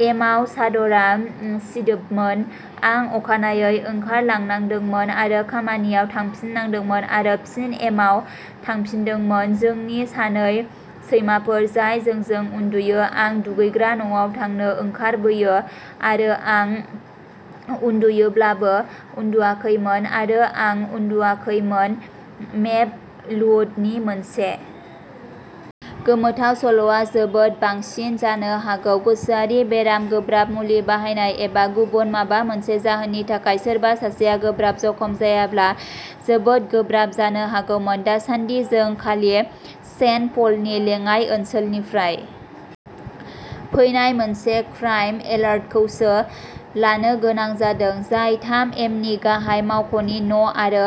एमाव चादरा सिदोबमोन आं अखानायै ओंखारलांनांदोंमोन आरो खामानियाव थांफिननांदोंमोन आरो फिन एमाव थांफिनदोंमोन जोंनि सानै सैमाफोर जाय जोंजों उन्दुयो आं दुगैग्रा न'आव थांनो ओंखारबोयो आरो आं उन्दुयोब्लाबो उन्दुवाखैमोन आरो आं उन्दुयाखैमोन मेपलवुडनि मोनसे गोमोथाव सल'आ जोबोद बांसिन जानो हागौ गोसोआरि बेराम गोब्राब मुलि बाहायनाय एबा गुबुन माबा मोनसे जाहोननि थाखाय सोरबा सासेआ गोब्राब जखम जायाब्ला जोबोद गोब्राब जानो हागौमोन दासानदि जों खालि सेन्ट पलनि लेङाइ ओनसोलनिफ्राय फैनाय मोनसे क्राइम एलार्टखौसो लानो गोनां जादों जाय थाम एमनि गाहाय मावख'नि न'आरो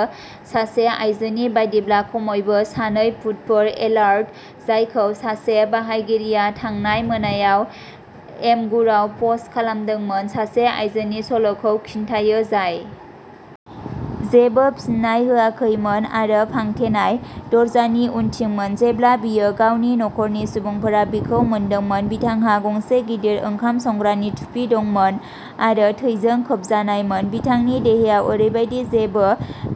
सासे आइजोनि बायदिब्ला खमैबो सानै भुतफोर एलार्ट जायखौ सासे बाहायगिरिया थांनाय मोनायाव इमगुरआव पस्ट खालामदोंमोन सासे आयजोनि सल'खौ खिन्थायो जाय जेबो फिन्नाय होआखैमोन आरो फांथेनाय दरजानि उनथिंमोन जेब्ला बियो गावनि नखरनि सुबुंफोरा बिखौ मोनदोंमोन बिथांहा गंसे गिदिर ओंखाम संग्रानि थुफि दंमोन आरो थैजों खोबजानायमोन बिथांनि देहायाव ओरैबायदि जेबो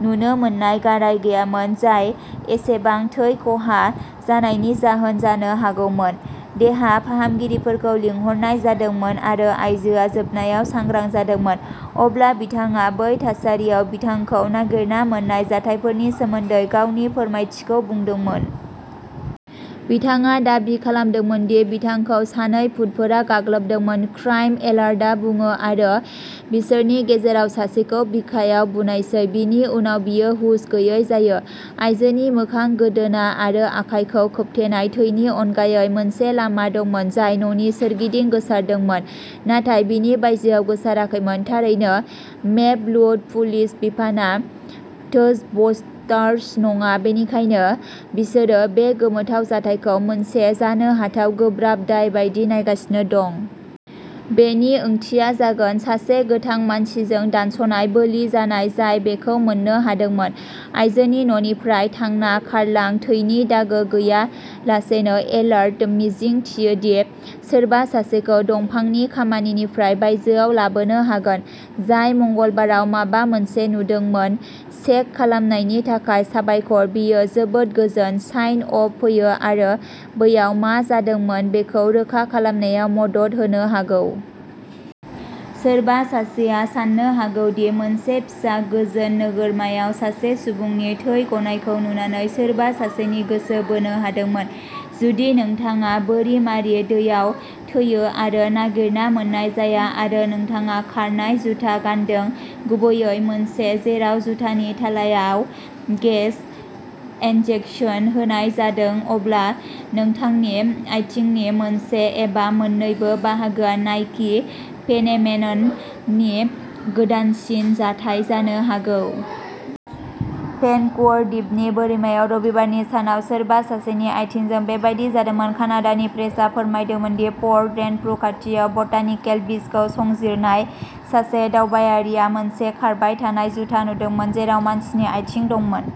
नुनो मोननाय गाराय गैयामोन जाय एसेबां थै खहा जानायनि जाहोन जानो हागौमोन देहा फाहामगिरिफोरखौ लिंहरनाय जादोंमोन आरो आइजोआ जोबनायाव सांग्रां जादोंमोन अब्ला बिथाङा बै थासारियाव बिथांखौ नागिरना मोन्नाय जाथायफोरनि सोमोन्दै गावनि फोरमायथिखौ बुंदोंमोन। बिथाङा दाबि खालामदोंमोन दि बिथांखौ सानै भुत'फोरा गाग्लोबदोंमोन क्राइम एलार्टआ बुङो आरो बिसोरनि गेजेराव सासेखौ बिखायाव बुनायसै बिनि उनाव बियो हुस गैयै जायो आइजोनि मोखां गोदोना आरो आखाइखौ खोबथेनाय थैनि अनगायै मोनसे लामा दंमोन जाय न'नि सोरगिदिं गोसारदोंमोन नाथाय बेनि बायजोआव गोसाराखैमोन थारैनो मेपलवुड पुलिस बिफानआ घोस्टबस्टार्स नङा बेनिखायनो बिसोरो बे गोमोथाव जाथायखौ मोनसे जानो हाथाव गोब्राब दाय बायदि नायगासिनो दं। बेनि ओंथिया जागोन सासे गोथां मानसिजों दानस'नाय बोलि जानाय जाय बेखौ मोननो हादोंमोन। आयजोनि न'निफ्राय थांना खारलां थैनि दागो गैयालासेनो एलार्टआ मिजिंथियो दि सोरबा सासेखौ दंफांनि खामानिनिफ्राय बायजोआव लाबोनो हागोन जाय मंगलबाराव माबा मोनसे नुदोंमोन चेक खालामनायनि थाखाय साबायखर बेयो जोबोद गोजोन साइन अफ फैयो आरो बैयाव मा जादोंमोन बेखौ रोखा खालामनायाव मदद होनो हागौ। सोरबा सासेआ साननो हागौ दि मोनसे फिसा गोजोन नोगोरमायाव सासे सुबुंनि थै गनायखौ नुनानै सोरबा सासेनि गोसो बोनो हादोंमोन। जुदि नोंथाङा बोरिमायारि दैयाव थैयो आरो नागिरना मोन्नाय जाया आरो नोंथाङा खारनाय जुथा गानदों गुबैयै मोनसे जेराव जुथानि थालायाव गेस इनजेकसन होनाय जादों अब्ला नोंथांनि आथिंनि मोनसे एबा मोन्नैबो बाहागोआ नाइकि फेनोमेनन नि गोदानसिन जाथाय जानो हागौ। भेन्कुवर द्वीपनि बोरिमायाव रबिबारनि सानाव सोरबा सासेनि आथिंजों बेबादि जादोंमोन। कानाडानि प्रेसआ फोरमायदोंमोन दि पर्ट रेनफ्रु खाथियाव बटानिकेल बीचखौ संजिरनाय सासे दावबायारिआ मोनसे खारबाय थानाय जुथा नुदोंमोन जेराव मानसिनि आथिं दंमोन।